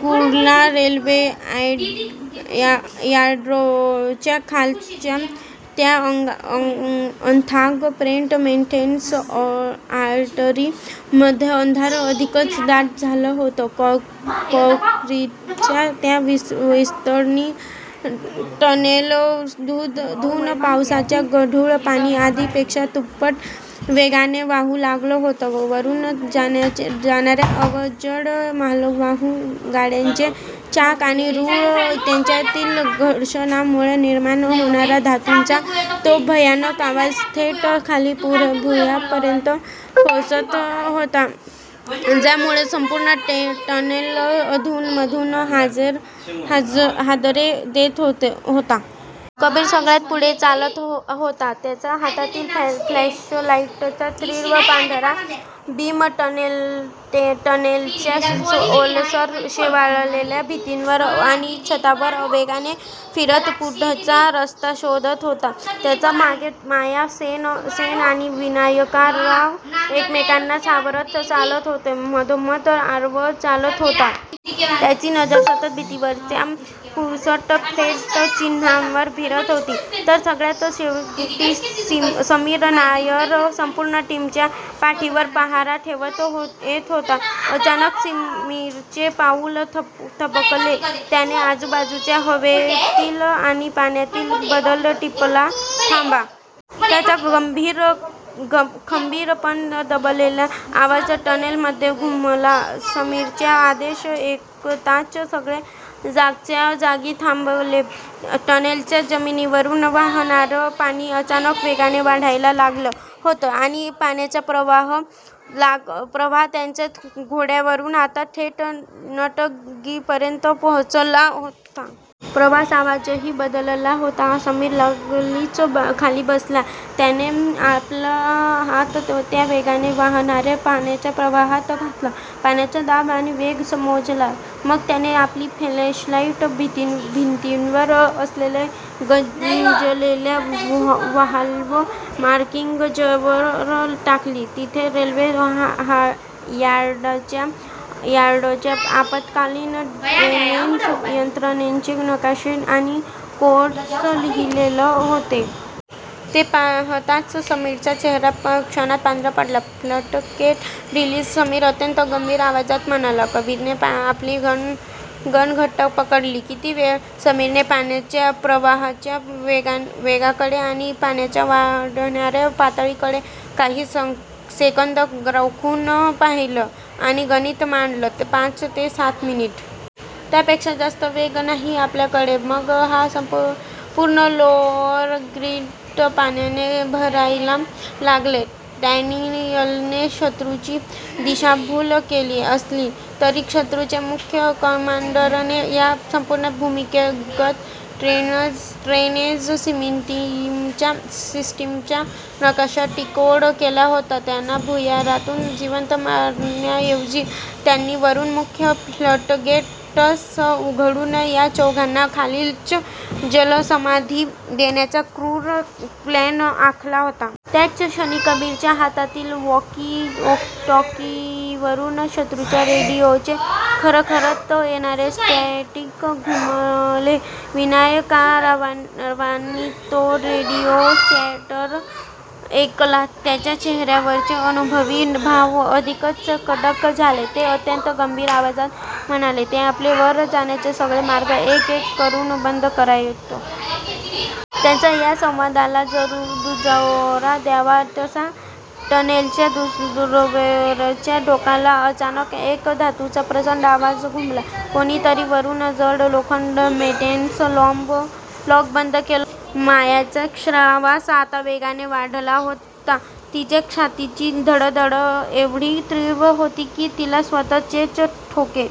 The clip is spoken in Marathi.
कुर्ला रेल्वे यार्डाच्या खालच्या त्या अथांग 'फ्रेट मेंटेनन्स आर्टरी' मध्ये अंधार अधिकच दाट झाला होता. काँक्रीटच्या त्या विस्तीर्ण टनेलधून पावसाचं गढूळ पाणी आधीपेक्षा दुप्पट वेगाने वाहू लागलं होतं. वरून जाणाऱ्या अवजड मालवाहू गाड्यांचे चाक आणि रूळ यांच्यातील घर्षणामुळे निर्माण होणारा धातूचा तो भयानक आवाज थेट खाली भुयारापर्यंत पोहोचत होता, ज्यामुळे संपूर्ण टनेल अधूनमधून हादरे देत होता. कबीर सगळ्यात पुढे चालत होता. त्याच्या हातातील फ्लॅशलाईटचा तीव्र पांढरा बीम टनेलच्या ओलसर, शेवाळलेल्या भिंतींवर आणि छतावर वेगाने फिरत पुढचा रस्ता शोधत होता. त्याच्या मागे माया सेन आणि विनायकराव एकमेकांना सावरत चालत होते, मधोमध आरव चालत होता. त्याची नजर सतत भिंतींवरच्या पुसट फ्रेट चिन्हांवर फिरत होती, तर सगळ्यात शेवटी समीर नायर संपूर्ण टीमच्या पाठीवर पहारा ठेवत येत होता. अचानक समीरचे पाऊल थबकले. त्याने आजूबाजूच्या हवेतील आणि पाण्यातील बदल टिपला. "थांबा." त्याचा खंबीर पण दबलेला आवाज टनेलमध्ये घुमला. समीरचा आदेश ऐकताच सगळे जागच्या जागी थबकले. टनेलच्या जमिनीवरून वाहणारं पाणी अचानक वेगाने वाढायला लागलं होतं आणि पाण्याचा प्रवाह त्यांच्या घोट्यावरून आता थेट नडगीपर्यंत पोहोचला होता. प्रवाहाचा आवाजही बदलला होता. समीर लागलीच खाली बसला. त्याने आपला हात त्या वेगाने वाहणाऱ्या पाण्याच्या प्रवाहात घातला, पाण्याचा दाब आणि वेग मोजला. मग त्याने आपली फ्लॅशलाईट भिंतीवर असलेल्या गंजलेल्या व्हाल्व्ह मार्किंग्जवर टाकली. तिथे रेल्वे यार्डाच्या आपत्कालीन ड्रेनेज यंत्रणेचे नकाशे आणि कोड्स लिहिलेले होते. ते पाहताच समीरचा चेहरा क्षणात पांढरा पडला. "फ्लडगेट रिलीज" समीर अत्यंत गंभीर आवाजात म्हणाला. कबीरने आपली गन घट्ट पकडली, "किती वेळ? " समीरने पाण्याच्या प्रवाहाच्या वेगाकडे आणि पाण्याच्या वाढणाऱ्या पातळीकडे काही सेकंद रोखून पाहिलं आणि गणित मांडलं, "पाच ते सात मिनिटं. त्यापेक्षा जास्त वेळ नाही आपल्याकडे. " मग हा पूर्ण लोअर ग्रीड पाण्याने भरायला लागेल. डॅनियलने शत्रूची दिशाभूल केली असली, तरी शत्रूच्या मुख्य कमांडरने या संपूर्ण भूमिगत ड्रेनेज सिस्टीमचा नकाशा डिकोड केला होता. त्यांना भुयारातून जिवंत मारण्याऐवजी, त्यांनी वरून मुख्य फ्लडगेट्स उघडून या चौघांना खालीच जलसमाधी देण्याचा क्रूर प्लॅन आखला होता. त्याच क्षणी, कबीरच्या हातातील वॉकी-टॉकीवरून शत्रूच्या रेडिओचे खरखरत येणारे स्टॅटिक घुमले: विनायकरावांनी तो रेडिओ चॅटर ऐकला. त्यांच्या चेहऱ्यावरचे अनुभवी भाव अधिकच कडक झाले. ते अत्यंत गंभीर आवाजात म्हणाले, "ते आपले वर जाण्याचे सगळे मार्ग एक-एक करून बंद करतायत. " त्यांच्या या संवादाला दुजोरा द्यावा तसा, टनेलच्या दूरवरच्या टोकाला अचानक एक धातूचा प्रचंड आवाज घुमला. कोणीतरी वरून जड लोखंडी मेंटेनन्स लॉक बंद केलं होतं. मायाचा श्वास आता वेगाने वाढला होता. तिच्या छातीची धडधड एवढी तीव्र होती की तिला स्वतःचेच ठोके